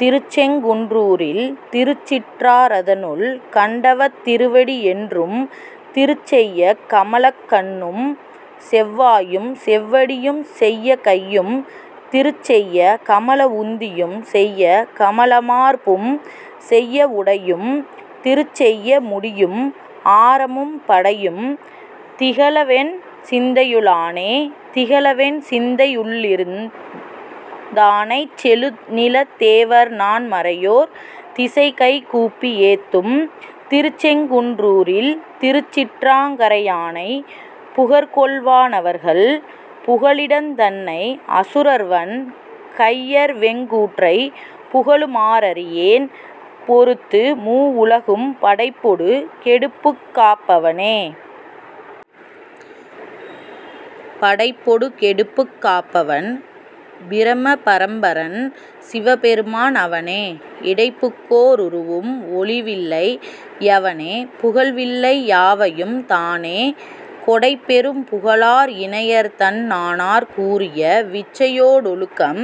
திருச்செங்குன் றூரில் திருச்சிற்றா றதனுள் கண்டவத் திருவடி யென்றும், திருச்செய்ய கமலக் கண்ணூம்செவ் வாயும் செவ்வடி யும்செய்ய கையும், திருச்செய்ய கமல வுந்தியும் செய்ய கமலமார் பும்செய்ய வுடையும், திருச்செய்ய முடியும் ஆரமும் படையும் திகழவென் சிந்தையு ளானே.. திகழவென் சிந்தை யுள்ளிருந் தானைச் செழுநிலத் தேவர்நான் மறையோர், திசைகைகூப்பி யேத்தும் திருச்செங்குன் றூரில் திருச்சிற்றா றங்கரை யானை, புகர்கொள்வா னவர்கள் புகலிடந் தன்னை அசுரர்வன் கையர்வெங் கூற்றை, புகழுமா றறியேன் பொருந்துமூ வுலகும் படைப்பொடு கெடுப்புக்காப் பவனே.. படைப்பொடு கெடுப்புக் காப்பவன் பிரம பரம்பரன் சிவபெருமான் அவனே, இடைப்புக்கோ ருருவும் ஒழிவில்லை யவனே புகழ்வில்லை யாவையும் தானே, கொடைப்பெரும் புகழார் இனையர்தன் னானார் கூறிய விச்சையோ டொழுக்கம்,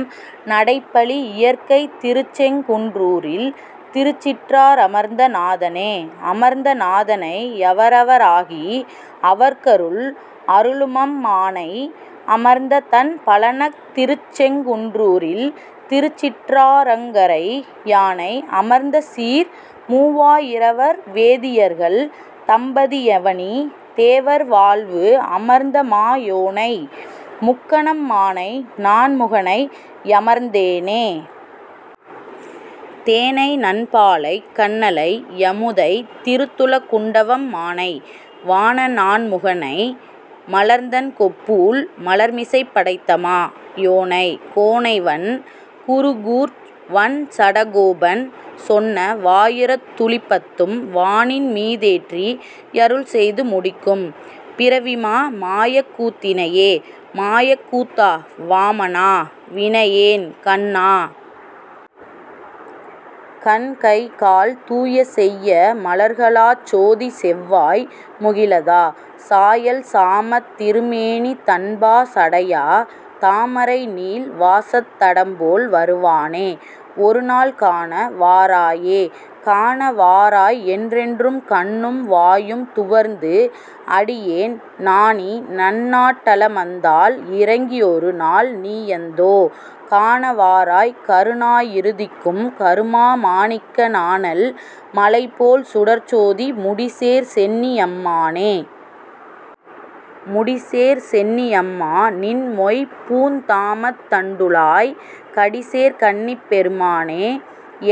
நடைப்பலி யியற்கைத் திருச்செங்குன் றூரில் திருச்சிற்றா றமர்ந்த நாதனே.. அமர்ந்த நாதனை யவரவ ராகி அவர்க்கருள் அருளுமம் மானை அமர்ந்ததண் பழனத் திருச்செங்குன் றூரில் திருச்சிற்றாற் றங்கரை யானை, அமர்ந்தசீர் மூவா யிரவர்வே தியர்கள் தம்பதி யவனிதே வர்வாழ்வு, அமர்ந்தமா யோனை முக்கணம் மானை நான்முக னையமர்ந் தேனே. தேனைநன் பாலைக் கன்னலை யமுதைத் திருந்துல குண்டவம் மானை, வானநான் முகனை மலர்ந்தண் கொப்பூழ் மலர்மிசைப் படைத்தமா யோனை, கோனைவண் குருகூர்ச் வண்சட கோபன் சொன்னவா யிரத்துளிப் பத்தும், வானின்மீ தேற்றி யருள்செய்து முடிக்கும் பிறவிமா மாயக்கூத் தினையே. மாயக் கூத்தா. வாமனா. வினையேன் கண்ணா. கண்கைகால் தூய செய்ய மலர்களாச் சோதிச் செவ்வாய் முகிழதா, சாயல் சாமத் திருமேனி தண்பா சடையா, தாமரைநீள் வாசத் தடம்போல் வருவானே. ஒருநாள் காண வாராயே.. காண வாராய் என்றென்று கண்ணும் வாயும் துவர்ந்து, அடியேன் நாணி நன்னாட் டலமந்தால் இரங்கி யொருநாள் நீயந்தோ, காண வாராய் கருநாயி றுதிக்கும் கருமா மாணிக்க, நாணல் மலைபோல் சுடர்ச்சோதி முடிசேர் சென்னி யம்மானே.. முடிசேர் சென்னி யம்மா. நின் மொய்பூந் தாமத் தண்டுழாய், கடிசேர் கண்ணிப் பெருமானே.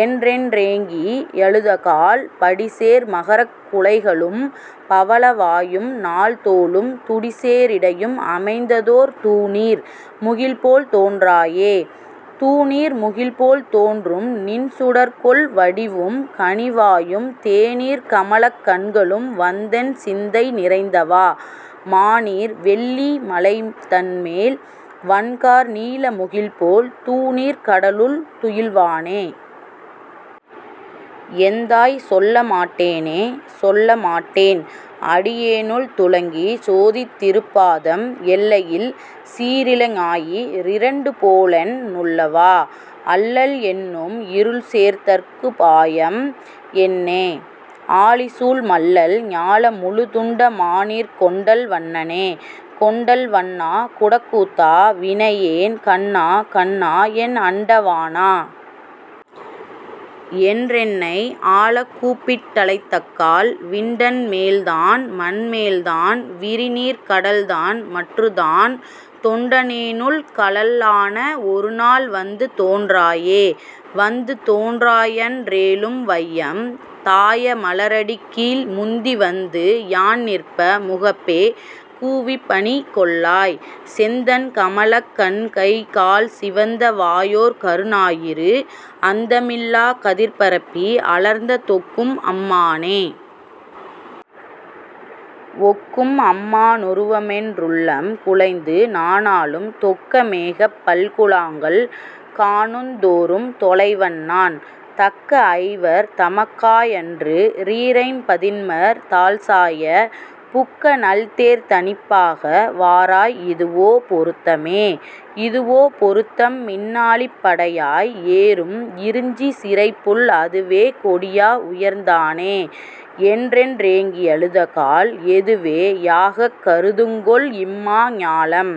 என்றென் றேங்கி யழுதக்கால், படிசேர் மகரக் குழைகளும் பவள வாயும் நால்தோளும், துடிசே ரிடையும் அமைந்ததோர் தூநீர் முகில்போல் தோன்றாயே.. தூநீர் முகில்போல் தோன்றும்நின் சுடர்க்கொள் வடிவும் கனிவாயும், தேநீர்க் கமலக் கண்களும் வந்தென் சிந்தை நிறைந்தவா, மாநீர் வெள்ளீ மலைதன்மேல் வண்கார் நீல முகில்போல, தூநீர்க் கடலுள் துயில்வானே. எந்தாய். சொல்ல மாட்டேனே.. சொல்ல மாட்டேன் அடியேனுன் துளங்கு சோதித் திருப்பாதம், எல்லை யில்சீ ரிளஞாயி றிரண்டு போலென் னுள்ளவா., அல்லல் என்னும் இருள்சேர்தற் குபாயம் என்னே?, ஆழிசூழ் மல்லல் ஞால முழுதுண்ட மாநீர்க் கொண்டல் வண்ணனே.. கொண்டல் வண்ணா. குடக்கூத்தா. வினையேன் கண்ணா. கண்ணா, என் அண்ட வாணா. என்றென்னை ஆளக் கூப்பிட் டழைத்தக்கால், விண்டன் மேல்தான் மண்மேல்தான் விரிநீர்க் கடல்தான் மற்றுத்தான், தொண்ட னேனுள் கழல்லாண ஒருநாள் வந்து தோன்றாயே.. வந்து தோன்றா யன்றேலுன் வையம் தாய மலரடிக்கீழ், முந்தி வந்து யான்நிற்ப முகப்பே கூவிப் பணிகொள்ளாய், செந்தண் கமலக் கண்கைகால் சிவந்த வாயோர் கருநாயிறு, அந்த மில்லாக் கதிர்பரப்பி அலர்ந்த தொக்கும் அம்மானே.. ஒக்கும் அம்மா னுருவமென் றுள்ளம் குழைந்து நாணாளும், தொக்க மேகப் பல்குழாங்கள் காணுந் தோறும் தொலைவன்நான், தக்க ஐவர் தமக்காயன்று றீரைம் பதின்மர் தாள்சாய, புக்க நல்தேர்த் தனிப்பாகா. வாராய் இதுவோ பொருத்தமே?. இதுவோ பொருத்தம் மின்னாழிப் படையாய். ஏறும் இருஞ்சிசிறைப்புள், அதுவே கொடியா வுயர்த்தானே. என்றென் றேங்கி யழுதக்கால், எதுவே யாகக் கருதுங்கொல் இம்மா ஞாலம்